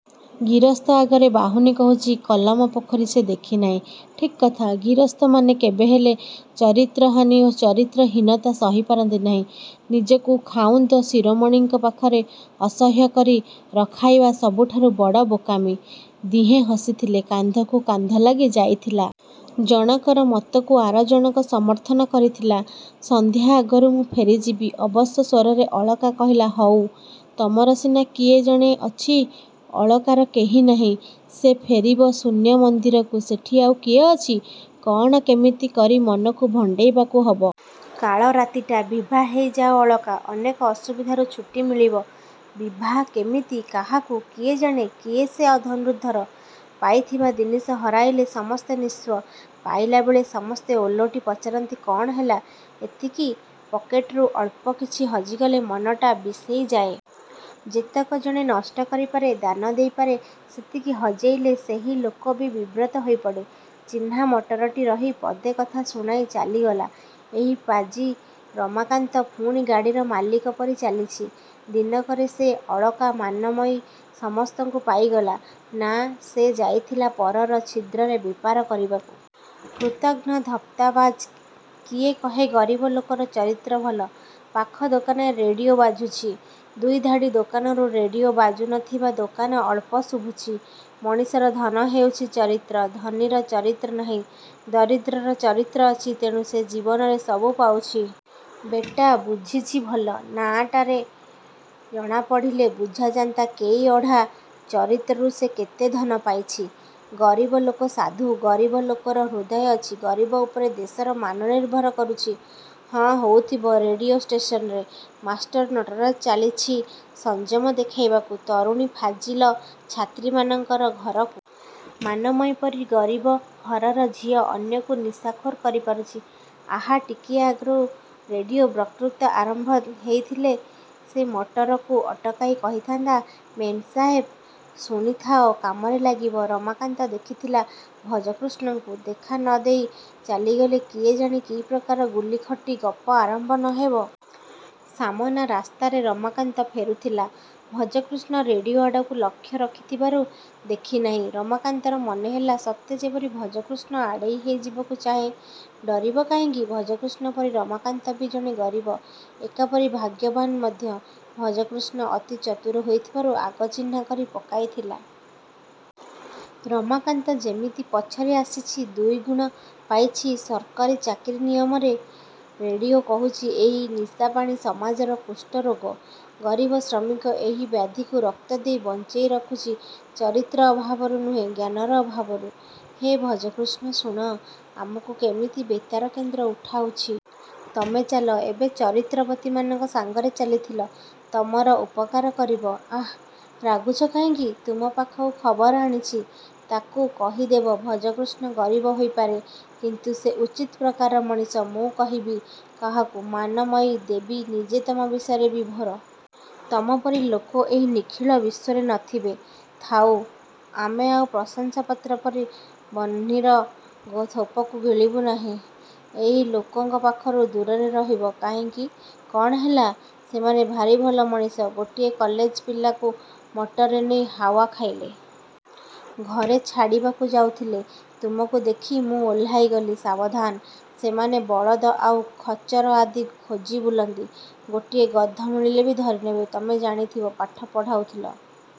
ଗିରସ୍ତ ଆଗରେ ବାହୁନି କହୁଛି। କଳମ ପୋଖରୀ ସେ ଦେଖି ନାହିଁ। –ଠିକ୍ କଥା। ଗିରସ୍ତମାନେ କେବେହେଲେ ଚରିତ୍ର–ହାନି ଓ ଚରିତ୍ର–ହୀନତା ସହି ପାରନ୍ତି ନାହିଁ। ନିଜକୁ ଖାଉନ୍ଦ ଶିରୋମଣିଙ୍କ ପାଖରେ ଅସହ୍ୟ କରି ରଖାଇବା ସବୁଠାରୁ ବଡ଼ ବୋକାମି। ଦିହେଁ ହସିଥିଲେ। କାନ୍ଧକୁ କାନ୍ଧ ଲାଗି ଯାଇଥିଲା। ଜଣକର ମତକୁ ଆର ଜଣକ ସମର୍ଥନ କରିଥିଲା। ସନ୍ଧ୍ୟା ଆଗରୁ ମୁଁ ଫେରିଯିବି। ଅବଶ ସ୍ୱରରେ ଅଳକା କହିଲା–ହଉ। ତମର ସିନା କିଏ ଜଣେ ଅଛି। ଅଳକାର କେହି ନାହିଁ। ସେ ଫେରିବ ଶୂନ୍ୟ ମନ୍ଦିରକୁ–ସେଠି ଆଉ କିଏ ଅଛି? କ'ଣ କେମିତି କରି ମନକୁ ଭଣ୍ଡେଇବାକୁ ହବ। –କାଳ ରାତିଟା– –ବିଭା ହେଇ ଯାଅ–ଅଳକା। ଅନେକ ଅସୁବିଧାରୁ ଛୁଟି ମିଳିବ। –ବିଭା? –କେମିତି? –କାହାକୁ? କିଏ ଜାଣେ? କିଏ ସେ ଧନୁର୍ଦ୍ଧର? ପାଇଥିବା ଜିନିଷ ହରାଇଲେ ସମସ୍ତେ ନିସ୍ୱ। ପାଇଲା ବେଳେ ସମସ୍ତେ ଓଲଟି ପଚାରନ୍ତି–କ'ଣ ହେଲା... ଏତିକି? ପକେଟରୁ ଅଳ୍ପ କିଛି ହଜିଗଲେ ମନଟା ବିଷେଇ ଯାଏ। ଯେତକ ଜଣେ ନଷ୍ଟ କରିପାରେ, ଦାନ ଦେଇପାରେ–ସେତିକି ହଜେଇଲେ ସେହି ଲୋକ ବି ବିବ୍ରତ ହୋଇପଡ଼େ। ଚିହ୍ନା ମଟରଟି ରହି ପଦେ କଥା ଶୁଣାଇ ଚାଲିଗଲା। ଏଇ ପାଜି ରମାକାନ୍ତ ପୁଣି ଗାଡ଼ିର ମାଲିକ ପରି ଚାଲିଛି। ଦିନକରେ ସେ ଅଳକା–ମାନମୟୀ ସମସ୍ତଙ୍କୁ ପାଇଗଲା? –ନା, ସେ ଯାଇଥିଲା ପରର ଛିଦ୍ରରେ ବେପାର କରିବାକୁ। କୃତଘ୍ନ–ଧପ୍ପାବାଜ। କିଏ କହେ ଗରିବ ଲୋକର ଚରିତ୍ର ଭଲ। ପାଖ ଦୋକାନରେ ରେଡ଼ିଓ ବାଜୁଛି। ଦୁଇଧାଡ଼ି ଦୋକାନରୁ ରେଡ଼ିଓ ବାଜୁ ନ ଥିବା ଦୋକାନ ଅଳ୍ପ–ଶୁଭୁଛି, ମଣିଷର ଧନ ହେଉଛି ଚରିତ୍ର। ଧନୀର ଚରିତ୍ର ନାହିଁ। ଦରିଦ୍ରର ଚରିତ୍ର ଅଛି। ତେଣୁ ସେ ଜୀବନରେ ସବୁ ପାଉଛି। –ବେଟା, ବୁଝିଛି ଭଲ। ନାଁଟା ଜଣାପଡ଼ିଲେ ବୁଝାଯାନ୍ତା କେଇ ଅଢ଼ା ଚରିତ୍ରରୁ ସେ କେତେ ଧନ ପାଇଛି। ଗରିବ ଲୋକ ସାଧୁ ଗରିବ ଲୋକର ହୃଦୟ ଅଛି ଗରିବ ଉପରେ ଦେଶର ମାନ ନିର୍ଭର କରୁଛି। –ହଁ, ହଉଥିବ ରେଡ଼ିଓ ଷ୍ଟେସନରେ। ମାଷ୍ଟର ନଟରାଜ ଚାଲିଛି ସଂଯମ ଦେଖାଇବାକୁ ତରୁଣୀ ଫାଜିଲ ଛାତ୍ରୀମାନଙ୍କର ଘରକୁ। ମାନମୟୀ ପରି ଗରିବ ଘରର ଝିଅ ଅନ୍ୟକୁ ନିଶାଖୋର କରି ପାରୁଛି। ଆହା, ଟିକିଏ ଆଗରୁ ରେଡ଼ିଓ ବତ୍କୃତା ଆରମ୍ଭ ହେଇଥିଲେ ସେ ମଟରକୁ ଅଟକାଇ କହିଥାନ୍ତା–ମେମ୍ ସାହେବ ଶୁଣିଥାଅ–କାମରେ ଲାଗିବ। ରମାକାନ୍ତ ଦେଖିଥିଲା ଭଜକୃଷ୍ଣକୁ। ଦେଖା ନ ଦେଇ ଚାଲିଗଲେ କିଏ ଜାଣେ କି ପ୍ରକାର ଗୁଲିଖଟି ଗପ ଆରମ୍ଭ ନ ହେବ। ସାମନା ରାସ୍ତାରେ ରମାକାନ୍ତ ଫେରୁଥିଲା। ଭଜକୃଷ୍ଣ ରେଡ଼ିଓ ଆଡ଼କୁ ଲକ୍ଷ୍ୟ ରଖିଥିବାରୁ ଦେଖିନାହିଁ। ରମାକାନ୍ତର ମନେ ହେଲା ସତେ ଯେପରି ଭଜକୃଷ୍ଣ ଆଡ଼େଇ ହେଇଯିବାକୁ ଚାହେଁ। –ଡରିବ କାହିଁକି? ଭଜକୃଷ୍ଣ ପରି ରମାକାନ୍ତ ବି ଜଣେ ଗରିବ। ଏକାପରି ଭାଗ୍ୟବାନ ମଧ୍ୟ। ଭଜକୃଷ୍ଣ ଅତି ଚତୁର ହୋଇଥିବାରୁ ଆଗ ଚିହ୍ନା କରି ପକାଇଥିଲା। ରମାକାନ୍ତ ଯେମିତି ପଛରେ ଆସିଛି ଦୁଇଗୁଣ ପାଇଛି–ସରକାରୀ ଚାକିରି ନିୟମରେ। ରେଡ଼ିଓ କହୁଛି–ଏଇ ନିଶାପାଣି ସମାଜର କୁଷ୍ଠରୋଗ। ଗରିବ ଶ୍ରମିକ ଏହି ବ୍ୟାଧିକୁ ରକ୍ତ ଦେଇ ବଞ୍ଚେଇ ରଖୁଛି–ଚରିତ୍ର ଅଭାବରୁ ନୁହେଁ ଜ୍ଞାନର ଅଭାବରୁ। –ହେ, ଭଜକୃଷ୍ଣ, ଶୁଣ। ଆମକୁ କେମିତି ବେତାର କେନ୍ଦ୍ର ଉଠାଉଛି। –ତମେ ଶୁଣ। ଏବେ ଚରିତ୍ରବତୀମାନଙ୍କ ସାଙ୍ଗରେ ଚାଲିଥିଲ, ତମର ଉପକାର କରିବ-। –ଆଃ, ରାଗୁଛ କାହିଁକି? ତୁମ ପାଖକୁ ଖବର ଆଣିଛି। –ତାକୁ କହିଦେବ; ଭଜକୃଷ୍ଣ ଗରିବ ହୋଇପାରେ କିନ୍ତୁ ସେ ଉଚିତ ପ୍ରକାରର ମଣିଷ। –ମୁଁ କହିବି କାହାକୁ? ମାନମୟୀଦେବୀ ନିଜେ ତମ ବିଷୟରେ ବିଭୋର। ତମ ପରି ଲୋକ ଏଇ ନିଖିଳ ବିଶ୍ୱରେ ନ ଥିବେ। –ଥାଉ। ଆମେ ଆଉ ପ୍ରଶଂସାପତ୍ର ପରି ବନ୍ଶୀର ଥୋପକୁ ଗିଳିବୁ ନାହିଁ। ଏଇ ଲୋକଙ୍କ ପାଖରୁ ଦୂରରେ ରହିବ। –କାହିଁକି? କ'ଣ ହେଲା? ସେମାନେ ଭାରି ଭଲ ମଣିଷ। ଗୋଟିଏ କଲେଜ ପିଲାକୁ ମଟରରେ ନେଇ ହାୱା ଖାଇଲେ। ଘରେ ଛାଡ଼ିବାକୁ ଯାଉଥିଲେ। ତୁମକୁ ଦେଖି ମୁଁ ଓହ୍ଲାଇଗଲି। –ସାବଧାନ। ସେମାନେ ବଳଦ ଆଉ ଖଚର ଆଦି ଖୋଜି ବୁଲନ୍ତି।। ଗୋଟିଏ ଗଧ ମିଳିଲେ ବି ଧରିନେବେ। –ତମେ ଜାଣିଥିବ। ପାଠ ପଢ଼ାଉଥିଲ।